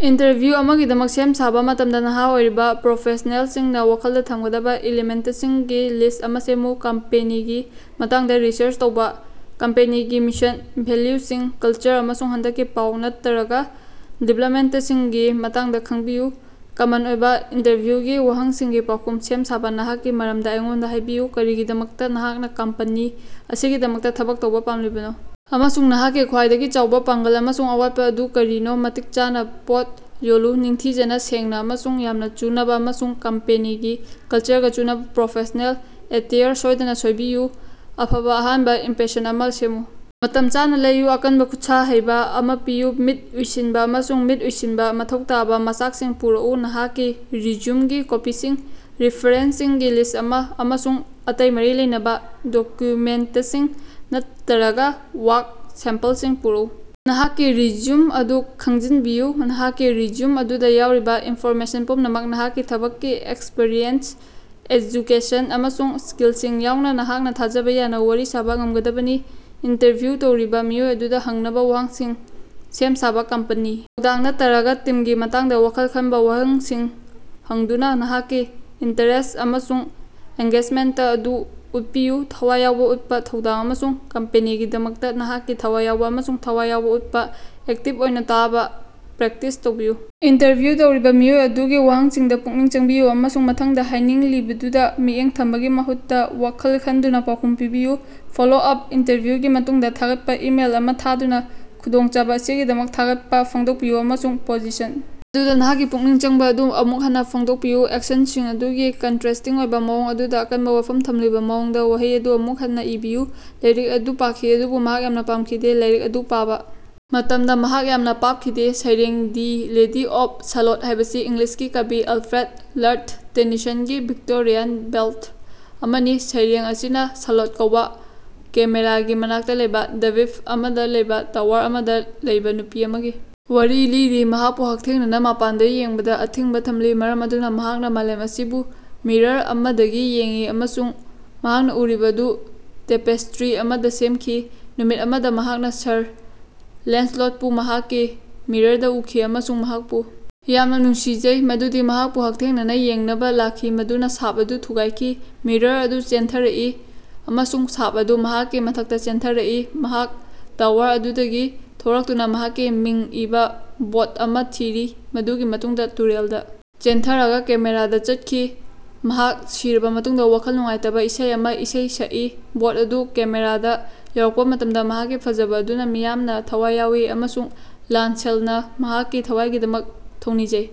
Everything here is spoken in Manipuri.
ꯏꯟꯇꯔꯚ꯭ꯌꯨ ꯑꯃꯒꯤꯗꯃꯛ ꯁꯦꯝ-ꯁꯥꯕ ꯃꯇꯝꯗ ꯅꯍꯥ ꯑꯣꯏꯔꯤꯕ ꯄ꯭ꯔꯣꯐꯦꯁꯅꯦꯜꯁꯤꯡꯅ ꯋꯥꯈꯜꯗ ꯊꯝꯒꯗꯕ ꯏꯂꯤꯃꯦꯟꯇꯁꯤꯡꯒꯤ ꯂꯤꯁ꯭ꯠ ꯑꯃ ꯁꯦꯝꯃꯨ꯫ ꯀꯝꯄꯦꯅꯤꯒꯤ ꯃꯇꯥꯡꯗ ꯔꯤꯁꯔꯆ ꯇꯧꯕ - ꯀꯝꯄꯦꯅꯤꯒꯤ ꯃꯤꯁꯟ, ꯚꯦꯂ꯭ꯌꯨꯁꯤꯡ, ꯀꯜꯆꯔ, ꯑꯃꯁꯨꯡ ꯍꯟꯗꯛꯀꯤ ꯄꯥꯎ ꯅꯠꯇꯔꯒ ꯗꯤꯕꯦꯂꯞꯃꯦꯟꯇꯁꯤꯡꯒꯤ ꯃꯇꯥꯡꯗ ꯈꯡꯕꯤꯌꯨ꯫ ꯀꯃꯟ ꯑꯣꯏꯕ ꯏꯟꯇꯔꯚ꯭ꯌꯨꯒꯤ ꯋꯥꯍꯪꯁꯤꯡꯒꯤ ꯄꯥꯎꯈꯨꯝ ꯁꯦꯝ-ꯁꯥꯕ - ꯅꯍꯥꯛꯀꯤ ꯃꯔꯝꯗ ꯑꯩꯉꯣꯟꯗ ꯍꯥꯏꯕꯤꯌꯨ, ꯀꯔꯤꯒꯤꯗꯃꯛꯇ ꯅꯍꯥꯛꯅ ꯀꯝꯄꯅꯤ ꯑꯁꯤꯒꯤꯗꯃꯛꯇ ꯊꯕꯛ ꯇꯧꯕ ꯄꯥꯝꯂꯤꯕꯅꯣ?, ꯑꯃꯁꯨꯡ ꯅꯍꯥꯛꯀꯤ ꯈ꯭ꯋꯥꯏꯗꯒꯤ ꯆꯥꯎꯕ ꯄꯥꯡꯒꯜ ꯑꯃꯁꯨꯡ ꯑꯋꯥꯠꯄ ꯑꯗꯨ ꯀꯔꯤꯅꯣ? ꯃꯇꯤꯛ ꯆꯥꯅ ꯄꯣꯠ ꯌꯣꯜꯂꯨ- ꯅꯤꯡꯊꯤꯖꯅ, ꯁꯦꯡꯅ ꯑꯃꯁꯨꯡ ꯌꯥꯝꯅ ꯆꯨꯅꯕ, ꯑꯃꯁꯨꯡ ꯀꯝꯄꯦꯅꯤꯒꯤ ꯀꯜꯆꯔꯒ ꯆꯨꯅꯕ ꯄ꯭ꯔꯣꯐꯦꯁ꯭ꯅꯦꯜ ꯑꯦꯇꯦꯌꯔ ꯁꯣꯏꯗꯅ ꯁꯣꯏꯕꯤꯌꯨ꯫ ꯑꯐꯕ ꯑꯍꯥꯟꯕ ꯏꯝꯄꯦꯁꯟ ꯑꯃ ꯁꯦꯝꯃꯨ - ꯃꯇꯝ ꯆꯥꯅ ꯂꯩꯌꯨ, ꯑꯀꯟꯕ ꯈꯨꯠꯁꯥ ꯍꯩꯕ ꯑꯃ ꯄꯤꯌꯨ, ꯃꯤꯠ ꯎꯏꯁꯤꯟꯕ ꯑꯃꯁꯨꯡ ꯃꯤꯠ ꯎꯏꯁꯤꯟꯕ꯫ ꯃꯊꯧ ꯇꯥꯕ ꯃꯆꯥꯛꯁꯤꯡ ꯄꯨꯔꯛꯎ - ꯅꯍꯥꯛꯀꯤ ꯔꯤꯖ꯭ꯌꯨꯝꯒꯤ ꯀꯣꯄꯤꯁꯤꯡ, ꯔꯤꯐꯔꯦꯟꯁꯁꯤꯡꯒꯤ ꯂꯤꯁ꯭ꯠ ꯑꯃ, ꯑꯃꯁꯨꯡ ꯑꯇꯩ ꯃꯔꯤ ꯂꯩꯅꯕ ꯗꯣꯀ꯭ꯌꯨꯃꯦꯟꯇꯁꯤꯡ ꯅꯠꯇꯔꯒ ꯋꯥꯔꯛ ꯁꯦꯝꯄꯜꯁꯤꯡ ꯄꯨꯔꯛꯎ꯫ ꯅꯍꯥꯛꯀꯤ ꯔꯤꯖ꯭ꯌꯨꯝ ꯑꯗꯨ ꯈꯪꯖꯤꯟꯕꯤꯌꯨ - ꯅꯍꯥꯛꯀꯤ ꯔꯤꯖ꯭ꯌꯨꯝ ꯑꯗꯨꯗ ꯌꯥꯎꯔꯤꯕ ꯏꯟꯐꯣꯔꯃꯦꯁꯟ ꯄꯨꯝꯅꯃꯛ, ꯅꯍꯥꯛꯀꯤ ꯊꯕꯛꯀꯤ ꯑꯦꯛꯁꯄꯤꯔꯤꯑꯦꯟꯁ, ꯑꯦꯖꯨꯀꯦꯁꯟ, ꯑꯃꯁꯨꯡ ꯁ꯭ꯀꯤꯜꯁꯤꯡ ꯌꯥꯎꯅ, ꯅꯍꯥꯛꯅ ꯊꯥꯖꯕ ꯌꯥꯅ ꯋꯥꯔꯤ ꯁꯥꯕ ꯉꯝꯒꯗꯕꯅꯤ꯫ ꯏꯟꯇꯔꯚ꯭ꯌꯨ ꯇꯧꯔꯤꯕ ꯃꯤꯑꯣꯏ ꯑꯗꯨꯗ ꯍꯪꯅꯕ ꯋꯥꯍꯪꯁꯤꯡ ꯁꯦꯝ-ꯁꯥꯕꯥ - ꯀꯝꯄꯅꯤ, ꯊꯧꯗꯥꯡ ꯅꯠꯇꯔꯒ ꯇꯤꯝꯒꯤ ꯃꯇꯥꯡꯗ ꯋꯥꯈꯜ ꯈꯟꯕ ꯋꯥꯍꯪꯁꯤꯡ ꯍꯪꯗꯨꯅ ꯅꯍꯥꯛꯀꯤ ꯏꯟꯇꯔꯦꯁ꯭ꯠ ꯑꯃꯁꯨꯡ ꯑꯦꯡꯒꯦꯖꯃꯦꯟꯇ ꯑꯗꯨ ꯎꯠꯄꯤꯌꯨ꯫ ꯊꯋꯥꯏ ꯌꯥꯎꯕ ꯎꯠꯄ ꯊꯧꯗꯥꯡ ꯑꯃꯁꯨꯡ ꯀꯝꯄꯦꯅꯤꯒꯤꯗꯃꯛꯇ ꯅꯍꯥꯛꯀꯤ ꯊꯋꯥꯏ ꯌꯥꯎꯕ ꯑꯃꯁꯨꯡ ꯊꯋꯥꯏ ꯌꯥꯎꯕ‌ ꯎꯠꯄ - ꯑꯦꯛꯇꯤꯕ ꯑꯣꯏꯅ ꯇꯥꯕ ꯄ꯭ꯔꯦꯛꯇꯤꯁ ꯇꯧꯕꯤꯌꯨ - ꯏꯟꯇꯔꯚ꯭ꯌꯨ ꯇꯧꯔꯤꯕ ꯃꯤꯑꯣꯏ ꯑꯗꯨꯒꯤ ꯋꯥꯍꯪꯁꯤꯡꯗ ꯄꯨꯛꯅꯤꯡ ꯆꯪꯕꯤꯌꯨ ꯑꯃꯁꯨꯡ ꯃꯊꯪꯗ ꯍꯥꯏꯅꯤꯡꯂꯤꯕꯗꯨꯗ ꯃꯤꯠꯌꯦꯡ ꯊꯝꯕꯒꯤ ꯃꯍꯨꯠꯇ ꯋꯥꯈꯜ ꯈꯟꯗꯨꯅ ꯄꯥꯎꯈꯨꯝ ꯄꯤꯕꯤꯌꯨ꯫ ꯐꯣꯂꯣ ꯑꯞ - ꯏꯟꯇꯔꯚ꯭ꯌꯨꯒꯤ ꯃꯇꯨꯡꯗ ꯊꯥꯒꯠꯄ ꯏꯃꯦꯜ ꯑꯃ ꯊꯥꯗꯨꯅ ꯈꯨꯗꯣꯡꯆꯥꯕ ꯑꯁꯤꯒꯤꯗꯃꯛ ꯊꯥꯒꯠꯄ ꯐꯣꯡꯗꯣꯛꯄꯤꯌꯨ ꯑꯃꯁꯨꯡ ꯄꯣꯖꯤꯁꯟ ꯑꯗꯨꯗ ꯅꯍꯥꯛꯀꯤ ꯄꯨꯛꯅꯤꯡ ꯆꯪꯕ ꯑꯗꯨ ꯑꯃꯨꯛ ꯍꯟꯅ ꯐꯣꯡꯗꯣꯛꯄꯤꯌꯨ꯫ ꯑꯦꯛꯁꯟꯁꯤꯡ ꯑꯗꯨꯒꯤ ꯀꯟꯇꯔꯦꯁ꯭ꯇꯤꯡ ꯑꯣꯏꯕ ꯃꯑꯣꯡ ꯑꯗꯨꯗ ꯑꯀꯟꯕ ꯋꯥꯐꯝ ꯊꯝꯂꯤꯕ ꯃꯑꯣꯡꯗ ꯋꯥꯍꯩ ꯑꯗꯨ ꯑꯃꯨꯛ ꯍꯟꯅ ꯏꯕꯤꯌꯨ꯫ ꯂꯥꯏꯔꯤꯛ ꯑꯗꯨ ꯄꯥꯈꯤ ꯑꯗꯨꯕꯨ ꯃꯍꯥꯛ ꯌꯥꯝꯅ ꯄꯥꯝꯈꯤꯗꯦ꯫ ꯂꯥꯏꯔꯤꯛ ꯑꯗꯨ ꯄꯥꯕ ꯃꯇꯝꯗ ꯃꯍꯥꯛ ꯌꯥꯝꯅ ꯄꯥꯞꯈꯤꯗꯦ꯫ ꯁꯩꯔꯦꯡ, ꯗꯤ ꯂꯦꯗꯤ ꯑꯣꯐ ꯁꯥꯂꯣꯠ ꯍꯥꯏꯕꯁꯤ ꯏꯪꯂꯤꯁꯀꯤ ꯀꯕꯤ ꯑꯜꯐ꯭ꯔꯦꯗ, ꯂꯔꯗ ꯇꯦꯅꯤꯁꯟꯒꯤ ꯚꯤꯛꯇꯣꯔꯤꯌꯥꯟ ꯕꯦꯜꯗ ꯑꯃꯅꯤ꯫ ꯁꯩꯔꯦꯡ ꯑꯁꯤꯅ ꯁꯥꯂꯣꯠ ꯀꯧꯕ ꯀꯦꯃꯦꯔꯥꯒꯤ ꯃꯅꯥꯛꯇ ꯂꯩꯕ ꯗ꯭ꯕꯤꯞ ꯑꯃꯗ ꯂꯩꯕ ꯇꯋꯥꯔ ꯑꯃꯗ ꯂꯩꯕ ꯅꯨꯄꯤ ꯑꯃꯒꯤ ꯋꯥꯔꯤ ꯂꯤꯔꯤ꯫ ꯃꯍꯥꯛꯄꯨ ꯍꯛꯊꯦꯡꯅꯅ ꯃꯄꯥꯟꯗ ꯌꯦꯡꯕꯗ ꯑꯊꯤꯡꯕ ꯊꯝꯂꯤ, ꯃꯔꯝ ꯑꯗꯨꯅ ꯃꯍꯥꯛꯅ ꯃꯥꯂꯦꯝ ꯑꯁꯤꯕꯨ ꯃꯤꯔ꯭ꯔ ꯑꯃꯗꯒꯤ ꯌꯦꯡꯏ ꯑꯃꯁꯨꯡ ꯃꯍꯥꯛꯅ ꯎꯔꯤꯕ ꯑꯗꯨ ꯇꯦꯄꯦꯁ꯭ꯇꯔꯤ ꯑꯃꯗ ꯁꯦꯝꯈꯤ꯫ ꯅꯨꯃꯤꯠ ꯑꯃꯗ ꯃꯍꯥꯛꯅ ꯁꯔ ꯂꯦꯟꯁꯂꯣꯠꯄꯨ ꯃꯍꯥꯛꯀꯤ ꯃꯤꯔ꯭ꯔꯗ ꯎꯈꯤ ꯑꯃꯁꯨꯡ ꯃꯍꯥꯛꯄꯨ ꯌꯥꯝꯅ ꯅꯨꯡꯁꯤꯖꯩ ꯃꯗꯨꯗꯤ ꯃꯍꯥꯛꯄꯨ ꯍꯛꯊꯦꯡꯅꯅꯥ ꯌꯦꯡꯅꯕ ꯂꯥꯛꯈꯤ, ꯃꯗꯨꯅ ꯁꯥꯞ ꯑꯗꯨ ꯊꯨꯒꯥꯏꯈꯤ꯫ ꯃꯤꯔ꯭ꯔ ꯑꯗꯨ ꯆꯦꯟꯊꯔꯛꯏ ꯑꯃꯁꯨꯡ ꯁꯥꯞ ꯑꯗꯨ ꯃꯍꯥꯛꯀꯤ ꯃꯊꯛꯇ ꯆꯦꯟꯊꯔꯛꯏ꯫ ꯃꯍꯥꯛ ꯇꯋꯥꯔ ꯑꯗꯨꯗꯒꯤ ꯊꯣꯔꯛꯇꯨꯅ ꯃꯍꯥꯛꯀꯤ ꯃꯤꯡ ꯏꯕꯥ ꯕꯣꯠ ꯑꯃ ꯊꯤꯔꯤ, ꯃꯗꯨꯒꯤ ꯃꯇꯨꯡꯗ ꯇꯨꯔꯦꯜꯗ‌ ꯆꯦꯟꯊꯔꯒ ꯀꯦꯃꯦꯔꯥꯗ ꯆꯠꯈꯤ, ꯃꯍꯥꯛ ꯁꯤꯔꯕ ꯃꯇꯨꯡꯗ ꯋꯥꯈꯜ ꯅꯨꯡꯉꯥꯏꯇꯕ‌ ꯏꯁꯩ ꯑꯃꯥ ꯏꯁꯩ ꯁꯛꯏ꯫ ꯕꯣꯠ ꯑꯗꯨ ꯀꯦꯃꯦꯔꯥꯗ ꯌꯧꯔꯛꯄ ꯃꯇꯝꯗ ꯃꯍꯥꯛꯀꯤ ꯐꯖꯕ ꯑꯗꯨꯅ ꯃꯤꯌꯥꯝꯅ ꯊꯋꯥꯏ ꯌꯥꯎꯏ, ꯑꯃꯁꯨꯡ ꯂꯥꯟꯁꯦꯜꯅ ꯃꯍꯥꯛꯀꯤ ꯊꯋꯥꯏꯒꯤꯗꯃꯛ ꯊꯧꯅꯤꯖꯩ꯫